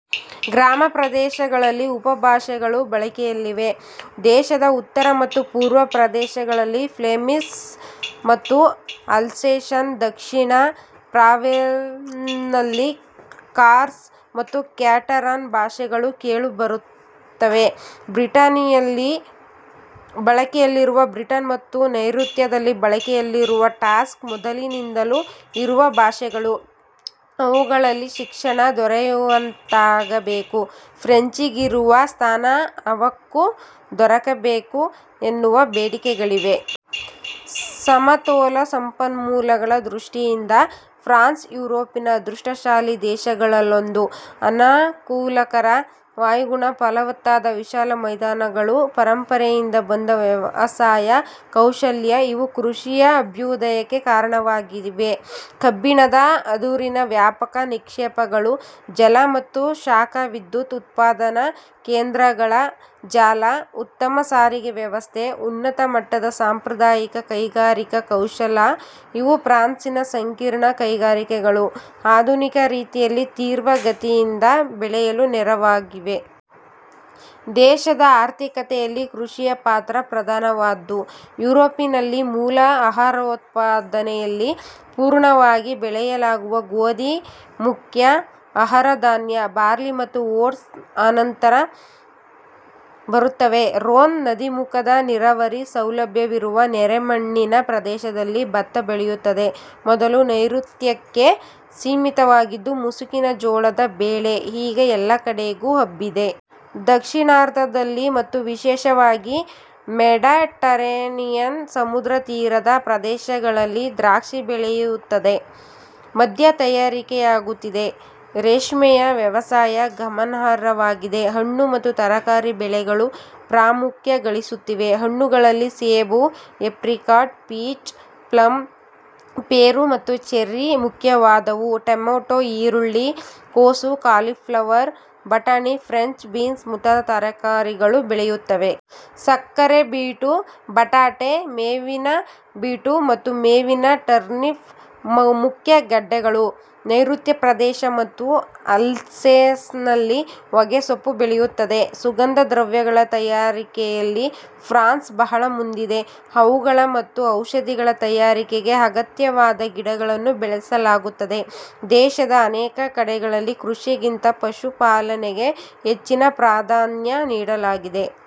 ಗ್ರಾಮ ಪ್ರದೇಶಗಳಲ್ಲಿ ಉಪಭಾಷೆಗಳು ಬಳಕೆಯಲ್ಲಿವೆ. ದೇಶದ ಉತ್ತರ ಮತ್ತು ಪೂರ್ವ ಪ್ರದೇಶಗಳಲ್ಲಿ ಫ್ಲೆಮಿಷ್ ಮತ್ತು ಅಲ್ಸೇಷನ್ ದಕ್ಷಿಣ ಪ್ರಾವೆನ್ನ್ನಲ್ಲಿ ಕಾರ್ಸ್ ಮತ್ತು ಕ್ಯಾಟರಾನ್ ಭಾಷೆಗಳು ಕೇಳುಬರುತ್ತವೆ. ಬ್ರಿಟನಿಯಲ್ಲಿ ಬಳಕೆಯಲ್ಲಿರುವ ಬ್ರಿಟನ್ ಮತ್ತು ನೈಋತ್ಯದಲ್ಲಿ ಬಳಕೆಯಲ್ಲಿರುವ ಬಾಸ್ಕ್ ಮೊದಲಿನಿಂದಲೂ ಇರುವ ಭಾಷೆಗಳು. ಅವುಗಳಲ್ಲಿ ಶಿಕ್ಷಣ ದೊರೆಯುವಂತಾಗಬೇಕು, ಫ್ರೆಂಚಿಗಿರುವ ಸ್ಥಾನ ಅವಕ್ಕೂ ದೊರಕಬೇಕು ಎನ್ನುವ ಬೇಡಿಕೆಗಳಿವೆ. ಸಮತೋಲ ಸಂಪನ್ಮೂಲಗಳ ದೃಷ್ಟಿಯಿಂದ ಫ್ರಾನ್ಸ್ ಯುರೋಪಿನ ಅದೃಷ್ಟ ಶಾಲಿ ದೇಶಗಳಲ್ಲೊಂದು. ಅನಕೂಲಕರ ವಾಯುಗುಣ, ಫಲವತ್ತಾದ ವಿಶಾಲ ಮೈದಾನಗಳು, ಪರಂಪರೆಯಿಂದ ಬಂದ ವ್ಯವಸಾಯ ಕೌಶಲ್ಯ ಇವು ಕೃಷಿಯ ಅಭ್ಯುದಯಕ್ಕೆ ಕಾರಣವಾಗಿವೆ. ಕಬ್ಬಿಣದ ಅದುರಿನ ವ್ಯಾಪಕ ನಿಕ್ಷೇಪಗಳು, ಜಲ ಮತ್ತು ಶಾಖ ವಿದ್ಯುತ್ ಉತ್ಪಾದನ ಕೇಂದ್ರಗಳ ಜಾಲ, ಉತ್ತಮ ಸಾರಿಗೆ ವ್ಯವಸ್ಥೆ, ಉನ್ನತ ಮಟ್ಟದ ಸಾಂಪ್ರದಾಯಿಕ ಕೈಗಾರಿಕಾ ಕೌಶಲ ಇವು ಫ್ರಾನ್ಸಿನ ಸಂಕೀರ್ಣ ಕೈಗಾರಿಕೆಗಳು ಆಧುನಿಕ ರೀತಿಯಲ್ಲಿ ತೀವ್ರಗತಿಯಿಂದ ಬೆಳೆಯಲು ನೆರವಾಗಿವೆ. ದೇಶದ ಆರ್ಥಿಕತೆಯಲ್ಲಿ ಕೃಷಿಯ ಪಾತ್ರ ಪ್ರಧಾನವಾದ್ದು. ಯುರೋಪಿನಲ್ಲಿ ಮೂಲ ಆಹಾರೋತ್ಪಾದನೆಯಲ್ಲಿ ಪೂರ್ಣವಾಗಿ ಬೆಳೆಯಲಾಗುವ ಗೋಧಿ ಮುಖ್ಯ ಆಹಾರಧಾನ್ಯ, ಬಾರ್ಲಿ ಮತ್ತು ಓಟ್ಸ್ ಅನಂತರ ಬರುತ್ತವೆ. ರೋನ್ ನದೀಮುಖದ, ನೀರಾವರಿ ಸೌಲಭ್ಯವಿರುವ, ನೆರೆಮಣ್ಣಿನ ಪ್ರದೇಶದಲ್ಲಿ ಭತ್ತ ಬೆಳೆಯುತ್ತದೆ. ಮೊದಲು ನೈಋತ್ಯಕ್ಕೆ ಸೀಮಿತವಾಗಿದ್ದ ಮುಸುಕಿನ ಜೋಳದ ಬೆಳೆ ಈಗ ಎಲ್ಲ ಕಡೆಗೂ ಹಬ್ಬಿದೆ. ದಕ್ಷಿಣಾರ್ಧದಲ್ಲಿ ಮತ್ತು ವಿಶೇಷವಾಗಿ ಮೆಡೆಟರೇನಿಯನ್ ಸಮುದ್ರತೀರದ ಪ್ರದೇಶಗಳಲ್ಲಿ ದ್ರಾಕ್ಷಿ ಬೆಳೆಯುತ್ತದೆ. ಮದ್ಯ ತಯಾರಿಕೆಯಾಗುತ್ತಿದೆ. ರೇಷ್ಮೆಯ ವ್ಯವಸಾಯ ಗಮನಾರ್ಹವಾಗಿದೆ, ಹಣ್ಣು ಮತ್ತು ತರಕಾರಿ ಬೆಳೆಗಳು ಪ್ರಾಮುಖ್ಯಗಳಿಸುತ್ತಿವೆ. ಹಣ್ಣುಗಳಲ್ಲಿ ಸೇಬು, ಏಪ್ರಿಕಾಟ್, ಪೀಚ್, ಪ್ಲಮ್, ಪೇರು ಮತ್ತು ಚೆರಿ ಮುಖ್ಯವಾದವು. ಟೊಮೇಟೊ, ಈರುಳ್ಳಿ, ಕೋಸು, ಕಾಲಿಫ್ಲವರ್, ಬಟಾಣಿ, ಫ್ರೆಂಚ್ ಬೀನ್ಸ್ ಮುಂತಾದ ತರಕಾರಿಗಳು ಬೆಳೆಯುತ್ತವೆ. ಸಕ್ಕರೆಬೀಟು, ಬಟಾಟೆ, ಮೇವಿನಬೀಟು ಮತ್ತು ಮೇವಿನ ಟರ್ನಿಪ್ ಮುಖ್ಯ ಗಡ್ಡೆಗಳು. ನ್ಯೆಋತ್ಯ ಪ್ರದೇಶ ಮತ್ತು ಅಲ್ಸೇಸ್ನಲ್ಲಿ ಹೊಗೆಸೊಪ್ಪು ಬೆಳೆಯುತ್ತದೆ. ಸುಗಂಧ ದ್ರವ್ಯಗಳ ತಯಾರಿಕೆಯಲ್ಲಿ ಫ್ರಾನ್ಸ್ ಬಹಳ ಮುಂದಿದೆ. ಅವುಗಳ ಮತ್ತು ಔಷಧಿಗಳ ತಯಾರಿಕೆಗೆ ಅಗತ್ಯವಾದ ಗಿಡಗಳನ್ನು ಬೆಳೆಸಲಾಗುತ್ತದೆ. ದೇಶದ ಅನೇಕ ಕಡೆಗಳಲ್ಲಿ ಕೃಷಿಗಿಂತ ಪಶುಪಾಲನೆಗೆ ಹೆಚ್ಚಿನ ಪ್ರಾಧಾನ್ಯ ನೀಡಲಾಗಿದೆ.